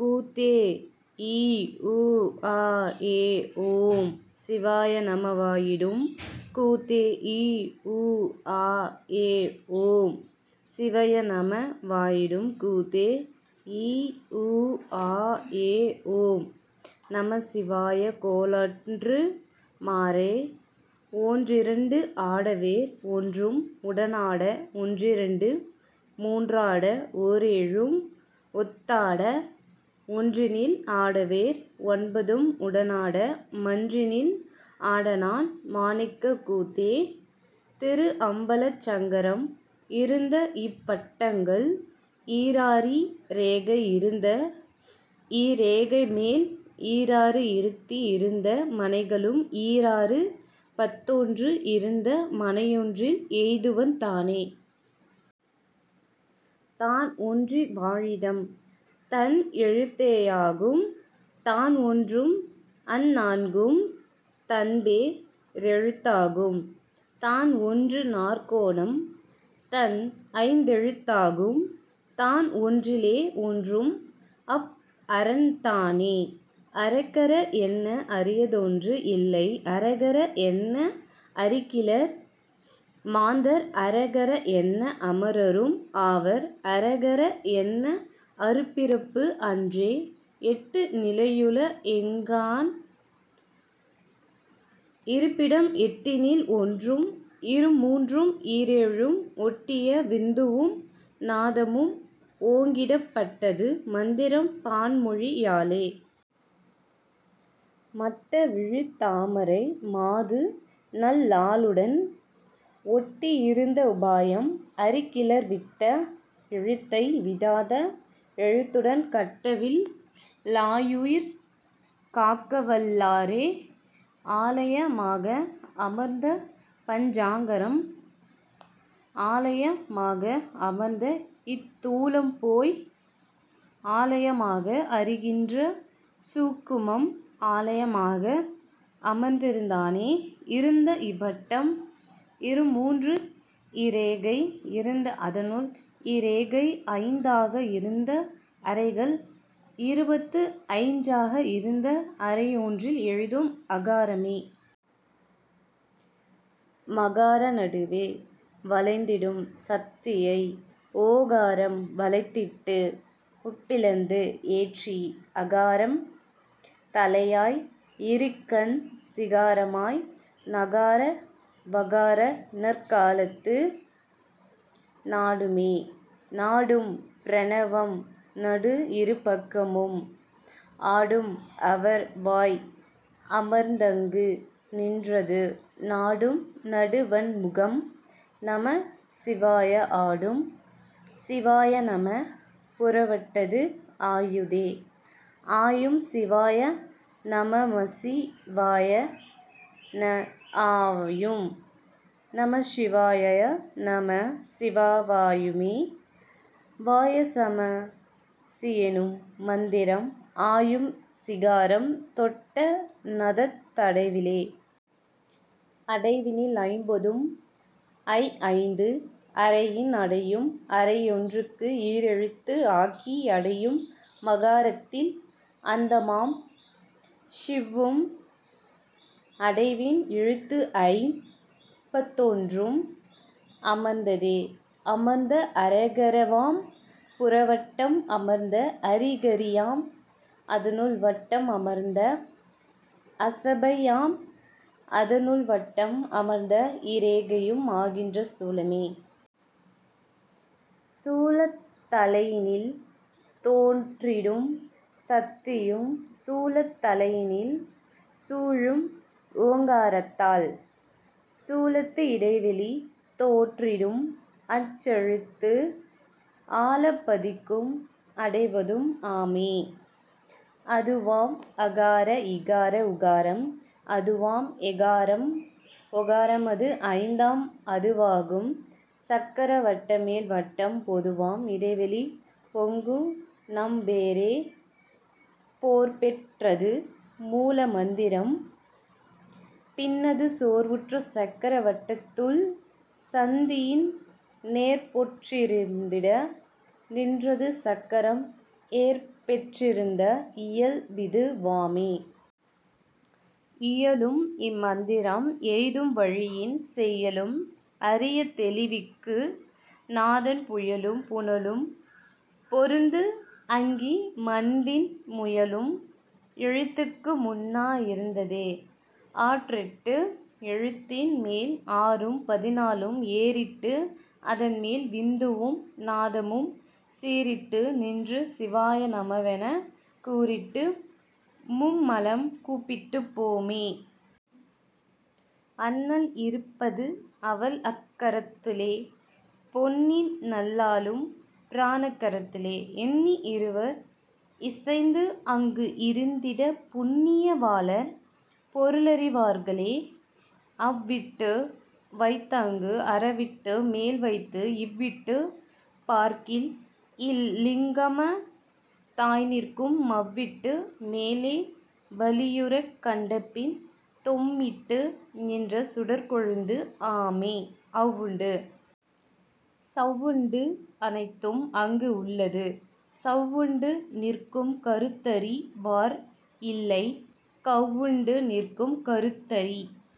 கூத்தே ஈஊஆஏஓம் சிவாய நம வாயிடும் கூத்தே ஈஊஆஏஓம் சிவயநம வாயிடும் கூத்தே இஊஆஏஓம் நமசிவாய கோளொன்று மாறே. ஒன்றிரண்டு ஆடவேர் ஒன்றும் உடனாட ஒன்றிரண்டு மூன்றாட ஓரேழும் ஒத்தாட ஒன்றினில் ஆடவேர் ஒன்பதும் உடனாட மன்றினில் ஆடனான் மாணிக்கக் கூத்தே.. திருஅம்பலச் சங்கரம் இருந்தஇவ் வட்டங்கள் ஈராறி ரேகை இருந்த இரேகைமேல் ஈராறு இருத்தி இருந்த மனைகளும் ஈராறு பத்தொன்று இருந்த மனையொன்றில் எய்துவன் தானே. தான்ஒன்றி வாழிடம் தன்எழுத் தேயாகும் தான்ஒன்றும் அந்நான்கும் தன்பே ரெழுத்தாகும் தான்ஒன்று நாற்கோணம் தன்ஐந் தெழுத்தாகும் தான்ஒன்றி லேஒன்றும் அவ்அரன் தானே. அரகர என்ன அரியதொன்று இல்லை அரகர என்ன அறிகிலர் மாந்தர் அரகர என்ன அமரரும் ஆவர் அரகர என்ன அறும்பிறப்பு அன்றே. எட்டு நிலையுள எங்கோன் இருப்பிடம் எட்டினில் ஒன்றும் இருமூன்றும் ஈரேழும் ஒட்டிய விந்துவும் நாதமும் ஓங்கிடப் பட்டது மந்திரம் பான்மொழி யாலே. மட்டவிழ் தாமரை மாதுநல் லாளுடன் ஒட்டி இருந்த உபாயம் அறிகிலர் விட்ட எழுத்தை விடாத எழுத்துடன் கட்டவில் லாருயிர் காக்கவல் லாரே. ஆலய மாக அமர்ந்தபஞ் சாக்கரம் ஆலய மாக அமர்ந்தஇத் தூலம்போய் ஆலய மாக அறிகின்ற சூக்குமம் ஆலய மாக அமர்ந்திருந் தானே. இருந்த இவ்வட்டம் இருமூன்றுஇ ரேகை இருந்த அதனுள் இரேகை ஐந்தாக இருந்த அறைகள் இருபத்துஐஞ் சாக இருந்த அறையொன்றில் எய்தும் அகாரமே. மகார நடுவே வளைத்திடும் சத்தியை ஓகாரம் வளைத்திட்டு உம்பிளந்து ஏற்றி அகாரம் தலையாய் இருகண் சிகாரமாய் நகார வகாரநற் காலது நாடுமே. நாடும் பிரணவம் நடுஇரு பக்கமும் ஆடும் அவர்வாய் அமர்ந்தங்கு நின்றது நாடும் நடுவண் முகம்நம சிவாய ஆடும் சிவாயநம புறவட்டத்து ஆயதே. ஆயும் சிவாய நமமசி வாயந ஆயும் நமசிவா யயநம சிவா வாயுமே வாய நமசியெனும் மந்திரம் ஆயும் சிகாரம் தொட்டநதத் தடைவிலே. அடைவினில் ஐம்பதும் ஐஐந்து அறையின் அடையும் அறையொன்றுக்கு ஈரெழுத்து ஆக்கி அடையும் மகாரத்தில் அந்தமாம் க்ஷவ்வும் அடைவின் எழுத்துஐம் பத்தொன்றும் அமர்ந்ததே. அமர்ந்த அரகர வாம்புற வட்டம் அமர்ந்த அரிகரி யாம் அதனுள் வட்டம் அமர்ந்த அசபை யாம் அதனுள்வட்டம் அமர்ந்தஇ ரேகையும் ஆகின்ற சூலமே. சூலத் தலையினில் தோற்றிடும் சத்தியும் சூலத் தலையினில் சூழும்ஓங் காரத்தால் சூலத்து இடைவெளி தோற்றிடும் அஞ்செழுத்து ஆலப் பதிக்கும் அடைவதும் ஆமே. அதுவாம் அகார இகார உகாரம் அதுவாம் எகாரம் ஓகாரமது ஐந்தாம் அதுவாகும் சக்கர வட்டமேல் வட்டம் பொதுவாம் இடைவெளி பொங்குநம் பேரே. பேர்பெற் றதுமூல மந்திரம் பின்னது சோர்வுற்ற சக்கர வட்டத்துள் சந்தியின் நேர்பெற் றிருந்திட நின்றது சக்கரம் ஏர்பெற் றிருந்த இயல்பிது வாமே. இயலும் இம் மந்திரம் எய்தும் வழியின் செயலும் அறியத் தெளிவிக்கு நாதன் புயலும் புனலும் பொருந்துஅங்கி மண்விண் முயலும் எழுத்துக்கு முன்னா இருந்ததே. ஆறெட்டு எழுத்தின்மேல் ஆறும் பதினாலும் ஏறிட்டு அதன்மேல் விந்துவும் நாதமும் சீறிட்டு நின்று சிவாய நமவென்னக் கூறிட்டு மும்மலம் கூப்பிட்டுப் போமே. அண்ணல் இருப்பது அவள்அக் கரத்துளே பெண்ணின்நல் லாளும் பிரானக் கரத்துளே எண்ணி இருவர் இசைந்துஅங்கு இருந்திடப் புண்ணிய வாளர் பொருளறி வார்களே. அவ்விட்டு வைத்தங்கு அரவிட்டு மேல்வைத்து இவ்விட்டுப் பார்க்கில் இலிங்கம தாய்நிற்கும் மவ்விட்டு மேலே வளியுறக் கண்டபின் தொம்மிட்டு நின்ற சுடர்க்கொழுந்து ஆமே. அவ்வுண்டு சவ்வுண்டு அனைத்தும் அங்கு உள்ளது சவ்வுண்டு நிற்கும் கருத்தறி வார்இல்லை கவ்வுண்டு நிற்கும் கருத்தறி